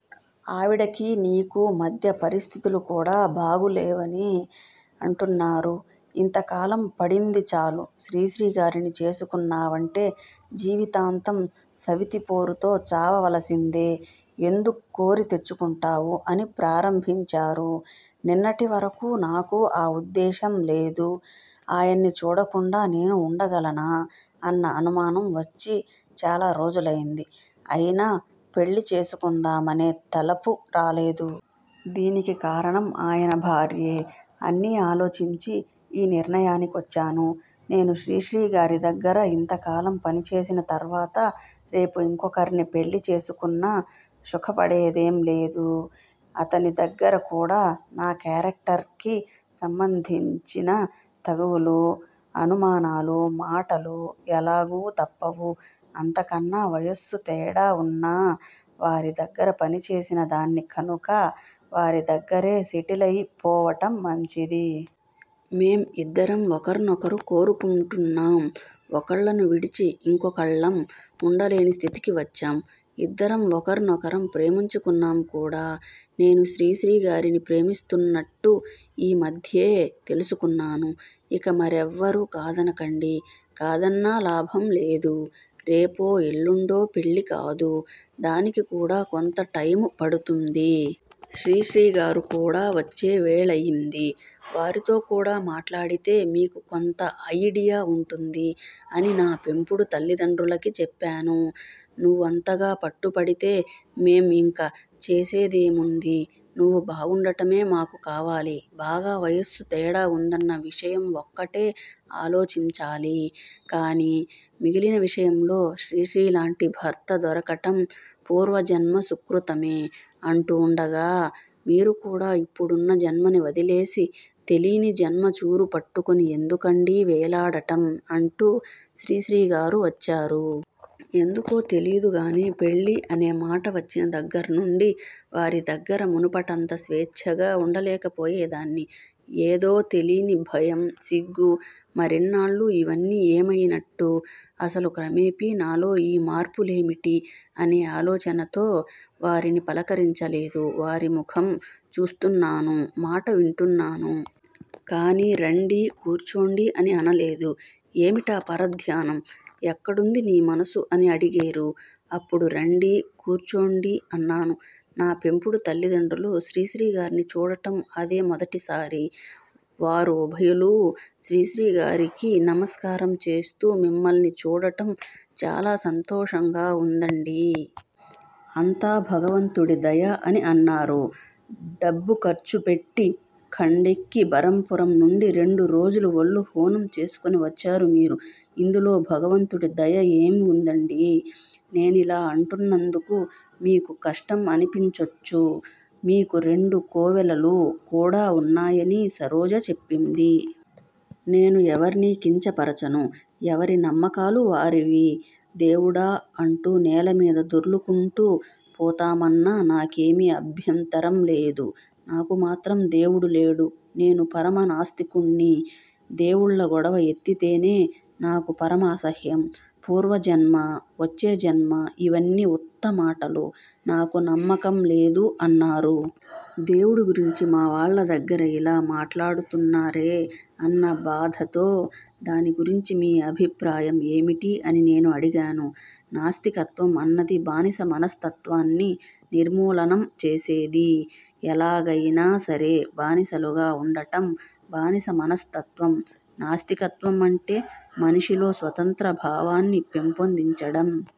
ఆవిడకీ నీకూ మధ్య పరిస్థితులుకూడా బాగులేవని అంటున్నావు. ఇంతకాలం పడిందిచాలు. శ్రీశ్రీగారిని చేసుకున్నావంటే జీవితాంతం సవితి పోరుతో చావవలసిందే. ఎందుక్కోరి తెచ్చుకుంటావు అని ప్రారంభించారు. నిన్నటివరకూ నాకూ ఆ ఉద్దేశంలేదు. ఆయన్ని చూడకుండా నేను వుండగలనా అన్న అనుమానం వచ్చి చాలా రోజులైంది. అయినా పెళ్ళి చేసుకుందామనే తలపు రాలేదు. దీనికి కారణం ఆయన భార్యే. అన్నీ ఆలోచించి ఈ నిర్ణయానికొచ్చాను. నేను శ్రీశ్రీగారి దగ్గర ఇంతకాలం పనిచేసిన తర్వాత రేపు ఇంకొకర్ని పెళ్ళి చేసుకున్నా సుఖపడేదేంలేదు. అతని దగ్గర కూడా నా కేరక్టర్ కి సంబంధించిన తగవులూ, అనుమానాలూ, మాటలూ ఎలాగూ తప్పవు. అంతకన్నా వయస్సు తేడా వున్నా వారి దగ్గర పనిచేసినదాన్ని కనుక వారి దగ్గరే సెటిలయి పోవటం మంచిది. మేం ఇద్దరం ఒకర్నొకరు కోరుకుంటున్నాం. ఒకళ్ళను విడిచి ఇంకొకళ్ళం వుండలేని స్థితికి వచ్చాం. ఇద్దరం ఒకర్నొకరం ప్రేమించుకున్నాం కూడా. నేను శ్రీశ్రీగారిని ప్రేమిస్తున్నట్టు ఈ మధ్యే తెలుసుకున్నాను. ఇక మరెవ్వరూ కాదనకండి. కాదన్నా లాభంలేదు. రేపో ఎల్లుండో పెళ్ళి కాదు. దానికి కూడా కొంత టైము పడుతుంది. శ్రీశ్రీగారు కూడా వచ్చే వేళయింది. వారితో కూడా మాట్లాడితే మీకు కొంత అయిడియా ఉంటుంది అని నా పెంపుడు తల్లిదండ్రులకి చెప్పాను. నువ్వంతగా పట్టుపడితే మేం ఇంక చేసేదేముంది? నువ్వు బాగుండటమే మాకు కావాలి. బాగా వయస్సు తేడా వుందన్న విషయం ఒక్కటే ఆలోచించాలి. కానీ మిగిలిన విషయంలో శ్రీశ్రీలాంటి భర్త దొరకటం పూర్వజన్మ సుకృతమే అంటూండగా__ మీరు కూడా ఇప్పుడున్న జన్మని వదిలేసి తెలీని జన్మ చూరు పట్టుకొని ఎందుకండీ వేలాడటం అంటూ శ్రీశ్రీగారు వచ్చారు. ఎందుకో తెలీదుగాని పెళ్ళి అనే మాట వచ్చిన దగ్గర్నుండి వారిదగ్గర మునపటంత స్వేచ్ఛగా వుండలేకపోయేదాన్ని. ఏదో తెలీని భయం. సిగ్గు. మరిన్నాళ్ళూ ఇవన్నీ ఏమయినట్టు? అసలు క్రమేపీ నాలో ఈ మార్పు లేమిటి? అనే ఆలోచనతో వారిని పలకరించలేదు. వారి ముఖం చూస్తున్నాను. మాటలు వింటున్నాను. కానీ రండి కూర్చోండి అని అనలేదు. ఏమిటా పరధ్యానం? ఎక్కడుంది నీ మనసు అని అడిగేరు. అప్పుడు రండి కూర్చోండి అన్నాను. నా పెంపుడు తల్లిదండ్రులు శ్రీశ్రీగార్ని చూడటం అదే మొదటిసారి. వారు ఉభయులూ శ్రీశ్రీగారికి నమస్కారం చేస్తూ మిమ్మల్ని చూడటం చాలా సంతోషంగా వుందండి. అంతా భగవంతుడి దయ అని అన్నారు. డబ్బు ఖర్చుపెట్టి, ఖండెక్కి బరంపురం నుండి రెండు రోజులు వళ్ళు హూనం చేసుకొని వచ్చారు మీరు. ఇందులో భగవంతుడి దయ ఏం వుందండీ? నేనిలా అంటున్నందుకు మీకు కష్టం అనిపించొచ్చు. మీకు రెండు కోవెలలు కూడా ఉన్నాయనీ సరోజ చెప్పింది. నేను ఎవర్నీ కించపరచను. ఎవరి నమ్మకాలు వారివి. దేవుడా అంటూ నేలమీద దొర్లుకుంటూ పోతామన్నా నాకేమీ అభ్యంతరం లేదు. నాకు మాత్రం దేవుడు లేడు. నేను పరమ నాస్తికుడ్ని. దేవుళ్ళ గొడవ ఎత్తితేనే నాకు పరమ అసహ్యం. పూర్వజన్మ, వచ్చే జన్మ ఇవన్నీ ఉత్తమాటలు. నాకు నమ్మకంలేదు అన్నారు. దేవుడి గురించి మావాళ్ళ దగ్గర ఇలా మాట్లాడుతున్నారే అన్న బాధతో దాని గురించి మీ అభిప్రాయం ఏమిటి? అని నేను అడిగాను. నాస్తికత్వం అన్నది బానిస మనస్తత్వాన్ని నిర్మూలనం చేసేది. ఎలాగయినా సరే బానిసలుగా వుండటం బానిస మనస్తత్వం. నాస్తికత్వం అంటే మనిషిలో స్వతంత్ర భావాన్ని పెంపొందించడం.